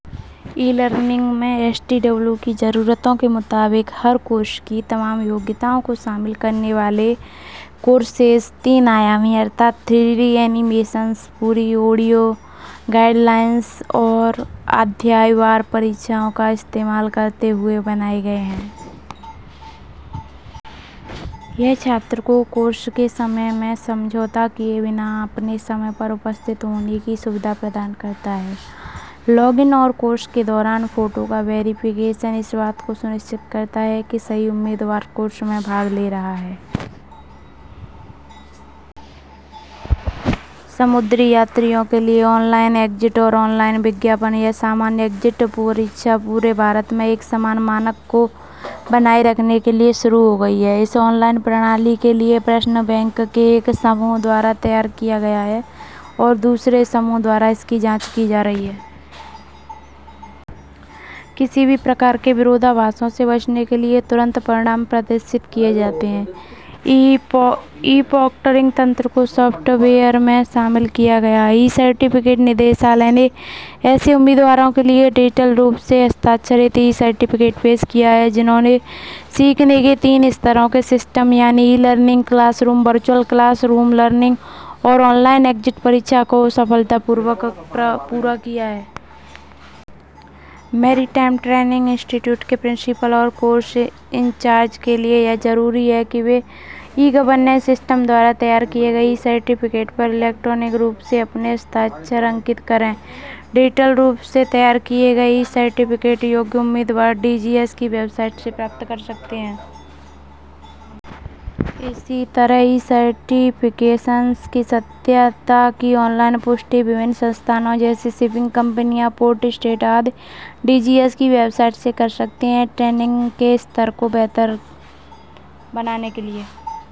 ای learning میں S T C W کی ضروریات کے مطابق ہر کورس کی تمام صلاحیتوں کا احاطہ کرنے والے کورسز تین جہتی اینی میشنز، مکمل صوتی ہدایات اور باب وار امتحانات کا استعمال کرتے ہوئے بنائے گئے ہیں۔ یہ طالب علم کو کورس کے اوقات میں سمجھوتہ کیے بغیر اپنے وقت پر حاضر ہونے کی سہولت فراہم کرتا ہے۔ لاگ اِن اور کورس کے دوران فوٹو کی تصدیق اس بات کو یقینی بناتی ہے کہ صحیح امیدوار کورس میں شرکت کر رہا ہے۔ سمندری مسافروں کے لیے آن لائن ایگزٹ امتحانات اور آن لائن نتائج: یہ عام ایگزٹ امتحان پورے ہندوستان میں یکساں معیار کو برقرار رکھنے کے لیے متعارف کرایا گیا ہے۔ اس آن لائن سسٹم کے لیے سوالاتی بینک ماہرین کے ایک سیٹ کے ذریعہ تیار کیا جاتا ہے اور ماہرین کے ایک دوسرے گروپ کے ذریعہ جانچ پڑتال کی جاتی ہے۔ کسی بھی قسم کے تضادات سے بچنے کے لیے فوری نتائج ظاہر کیے جاتے ہیں۔ ای پراکٹرنگ میکانزم کو سافٹ ویئر میں شامل کیا گیا ہے۔ ای-سرٹیفکیٹ: ڈائریکٹوریٹ نے ایسے امیدوار کے لیے ڈیجیٹل طور پر دستخط شدہ ای-سرٹیفکیٹ متعارف کرایا ہے جس نے سیکھنے کے تین درجے کے نظام، یعنی e learning, class room virtual class room learning اور آن لائن ایگزٹ امتحان کو کامیابی سے مکمل کیا ہے۔ Maritime training institute کے پرنسپل اور کورس انچارج کے لیے ضروری ہے کہ ای گورننس سسٹم کے ذریعہ تیار کردہ ای-سرٹیفکیٹس پر الیکٹرانک طور پر اپنے دستخط چسپاں کریں۔ ڈیجیٹل طور پر تیار کردہ ای-سرٹیفکیٹس اہل امیدوار ڈی جی ایس کی ویب سائٹ سے حاصل کر سکتے ہیں۔ اسی طرح، ان ای-سرٹیفکیٹس کی صداقت کی آن لائن تصدیق مختلف ادارے، جیسے شپنگ کمپنیاں، پورٹ اسٹیٹ وغیرہ، ڈی جی ایس کی ویب سائٹ سے کر سکتے ہیں۔ تربیت کے معیار کو بہتر